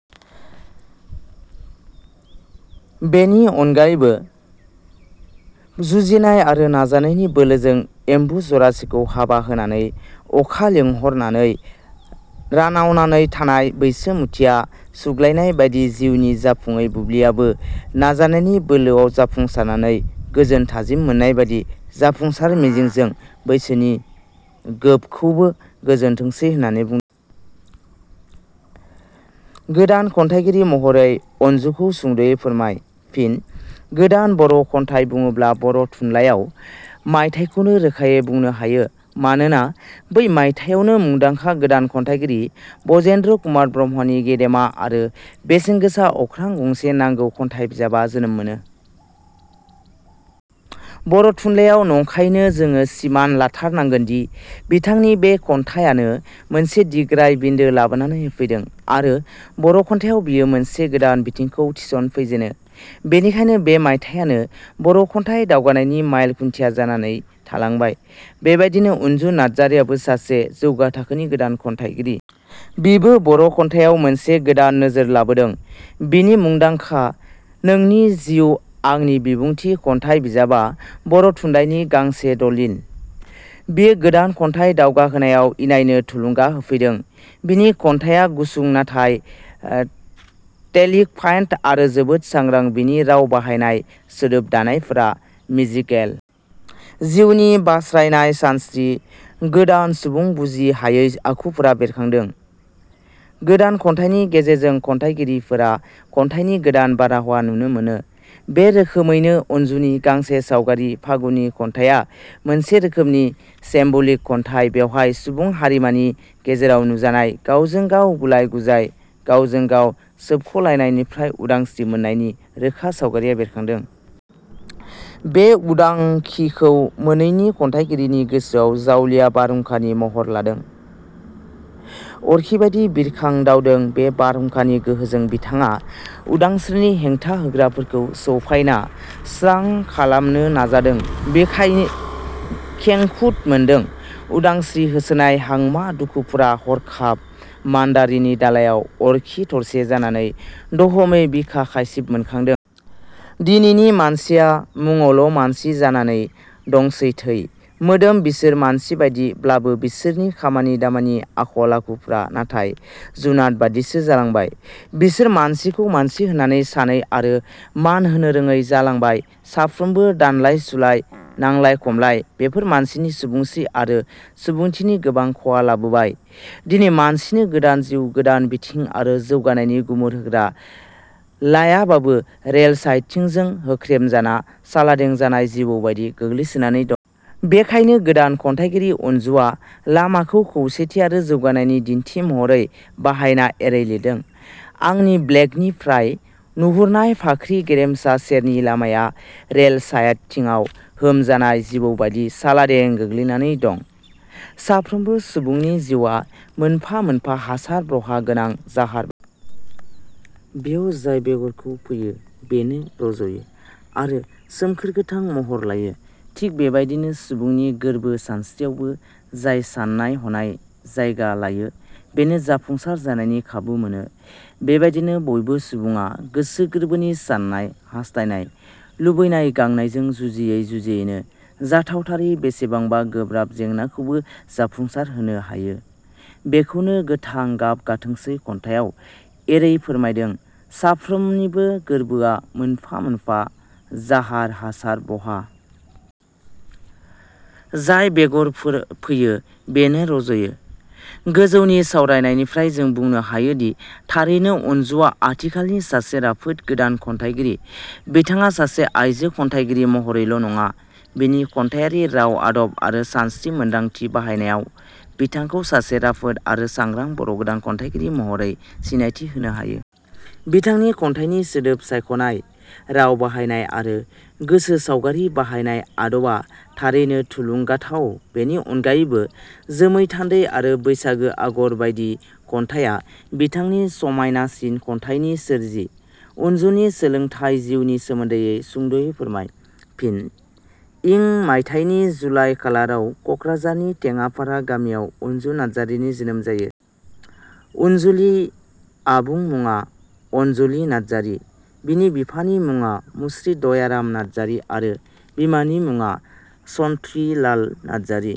बेनि अनगायैबो जुजिनाय आरो नाजानायनि बोलोजों एम्बु जरासेखौ हाबा होनानै अखा सिंहरनानै रानावनानै थानाय बैसोमुथिया सुग्लायनायबादि जिउनि जाफुङै बुब्लियाबो नाजानायनि बोलो आव जाफुंसारनानै गोजोन थाजिम मोननाय बादि जाफुंसार मिजिंजों बैसोनि गोबखौबो गोजोनथोंसै होननानै बुंदों। गोदान खन्थाइगिरि महरै अन्जुखौ सुंदवै फोरमाय। फिन: गोदान बर' खन्थाइ बुङोब्ला बर' थुनलायाव मायथाइखौनो रोखायै बुंनो हायो। मानोना बे मायथायावनो मुदांखा गोदान खन्थाइगिरि ब्रजेन्द्र कुमार ब्रह्मनि गेदेमा आरो बेसेनगोसा अख्रां गंसे नांगौ खन्थाइ बिजाबा जोनोम मोनो। बर' थुनलायाव नंखायनो जोङो सिमान लाथारनांगोनदि बिथांनि बे खन्थाइयानो मोनसे दिग्राय बिन्दो लाबोना होफैदों आरो बर' खन्थायाव बियो मोनसे गोदान बिथिंखौ थिसनफैजेनो। बेनिखायनो बे मायथायानो बर' खन्थाइ दावगानायनि माइल खुन्थिया जानानै थालांबाय। बेबादिनो अनजु नार्जारीयाबो सासे जौगा थाखोनि गोदान खन्थाइगिरि। बिबो बर' खन्थाइयाव मोनसे गोदान नोजोर लाबोदों बिनि मुंदांखा नोंनि जिब आंनि बिबुथिं' खन्थाइ बिजाबा बर' थुनलाइनि गांसे दलिल। बियो गोदान 'खन्थाइ दावगाहोनायाव इनायनो थुलुंगा होफैदों। बिनि खन्थाइया गुसुं नाथाय टेलिक फाइड आरो जोबोद सांग्रा बिनि राव बाहायनाय, सोदोब दानायफोरा मेजिकेल। जिउनि बायस्रानाय सानस्त्रि, गोदान सुबुंनि बुजि हायै आखुफोरा बेरखादों। गोदान खन्थाइनि गेजेरजों खन्थाइगिरिफोरा खन्थाइनि गोदान बारहावा नुनो मोनो। बे रोखोमैनो अनजुनि गांसे सावगारि फागुननि खन्थाइया मोनसे रोखोमनि सिम्बलिक खन्थाइ बेवहाय सुबुं हारिमानि गेजेराव नुजानाय गावजों गाव गुलाय गुजाय, गावजों गाव सोबख'लायनायनिफ्राय उदांस्रि मोननायनि रोखा सावगारिया बेरखादों। बे उदांखिखौ मोनैनि खन्थाइगिरिनि गोसोआव जावलिया बारहुंखानि महर लादों अरखिबादि बिरखांदावदों ने बारहुंखानि गोहोजों बिथाङा उदांस्रिनि हेंथा होग्राफोरखौ सौफाइना स्रां खालामनो नाजादों बिखायाव खेंखुद मोनदों। उदांस्रि होसोनाय हांमा दुखुफ्रा हरखाब मानदारनि दालाइआव अरखि थरसे जानानै दहमै बिखा खायसिब मोनखांदों। " दिनैनि मानसिया मुङावल मानसि जानानै दंसै थै मोदोमै बिसोर मानसिबादि ब्लाबो बिसोरनि खामानि दामानि आखल आखुफ्रा नाथाय जुनादबादिसो जालांबाय बिसोर मानसिखौ मानसि होन्ना सानै आरो मान होनोरोङै जालांबाय सानफ्रोमो दानलाय सु-लाय, नांलाय-खमलाय बेफोर मानसिनि सुबुंस्रि आरो सुबुंथिनि गोबां खहा लाबोबाय दिनै मानसिनो गोदान जिउ, गोदान बिथिं आरो जौगानायनि गुमुर होग्रा लाययाबो रेल सायथिंजों होख्रेम जाना सलादें जानाय जिबौबादि गोग्लैसोनानै दं। बेखायनो गोदान खन्थाइगिरि अन्जुवा लामाखौ खोसेथि आरो जौगानायनि दिन्थि महरै बाहायना एरै लिरदों- आंनि बेलकनिनिफ्राय नुहरनाय फाख्रि गेरेमसा सेरनि लामाया रेल सायथिङाव होम जानाय जिबौबादि सलादें गोग्लैनाने दं। साफ्रोमबो सुबुंनि जिउवा मोनफा मोनफा हासार बरहा गोनां जाहारबादि। बेयाव जाय बेगरखौ फोयो बेनो रजयो आरो सोमखोर गोथां महर लायो थिग बेबादिनो सुबुंनि गोरबो सानस्रियावबो जाय साननाय हनाया जायगा लायो बेनो जाफुंसार जानायनि खाबु मोनो बेबादिनो बयबो सुबुङा गोसो गोरबोनि साननाय, हास्थायनाय, लुबैनाय-गांनायजों जुजियै जुजियैनो जाथावथारै बेसेबांबा गोब्राब जेंनाखौबो जाफुंसार होनो हाथो बेखौनो 'गोथां गाब गाथोंसै' खन्थायाव एरै फोरमायदों- 'साफ्रोमनिबो गोर्बोआ मोनफा मोनफा जाहार हासार-बहा। जाय बेगरखोफोयो बेनो रजयो। गोजौनि सावरायनायनिफ्राय जों बुंनो हायोदि थारैनो अनजुवा आथिखालनि सासे राफोद गोदान खन्थाइगिरि। बिथाङा सासे आइजो खन्थाइगिरि महरैल नङा बिनि खन्थाइयारि राव आदब आरो सानस्रि मोन्दांथि बाहायनायाव बिथांखौ सासे राफोद आरो सांग्रा बर गोदान खन्थाइगिरि महरै सिनायथि होनो हायो। बिथांनि खन्थाइनि सोदोब सायखनाय, राव बाहायनाय, आरो गोसो सावगारि बाहायनाय, आदबा थारैनो थुलुंगाथाव बेनि अनगायैबो, 'जोमै थान्दै' आरो 'बैसागो 'आगर बाइदि खन्थाइया बिथांनि समाइनासिन खन्थाइनि सोरजि अनजुनि सोलोंथाय जिवनि सोमोन्दै सुंदवै फोरमाय। फिन:इं मायथाइनि जुलाइ खालाराव कक्राझारनि टेङापारा गामियाव अन्जु नार्जारीनि जोनोम जायो। अनजुलि आबुं मुङा अन्जलि नार्जारी बिनि बिफानि मुङा मुस्रि दयाराम नार्जारी आरो बिमानि मुङा शन्तिलाल नारजारि।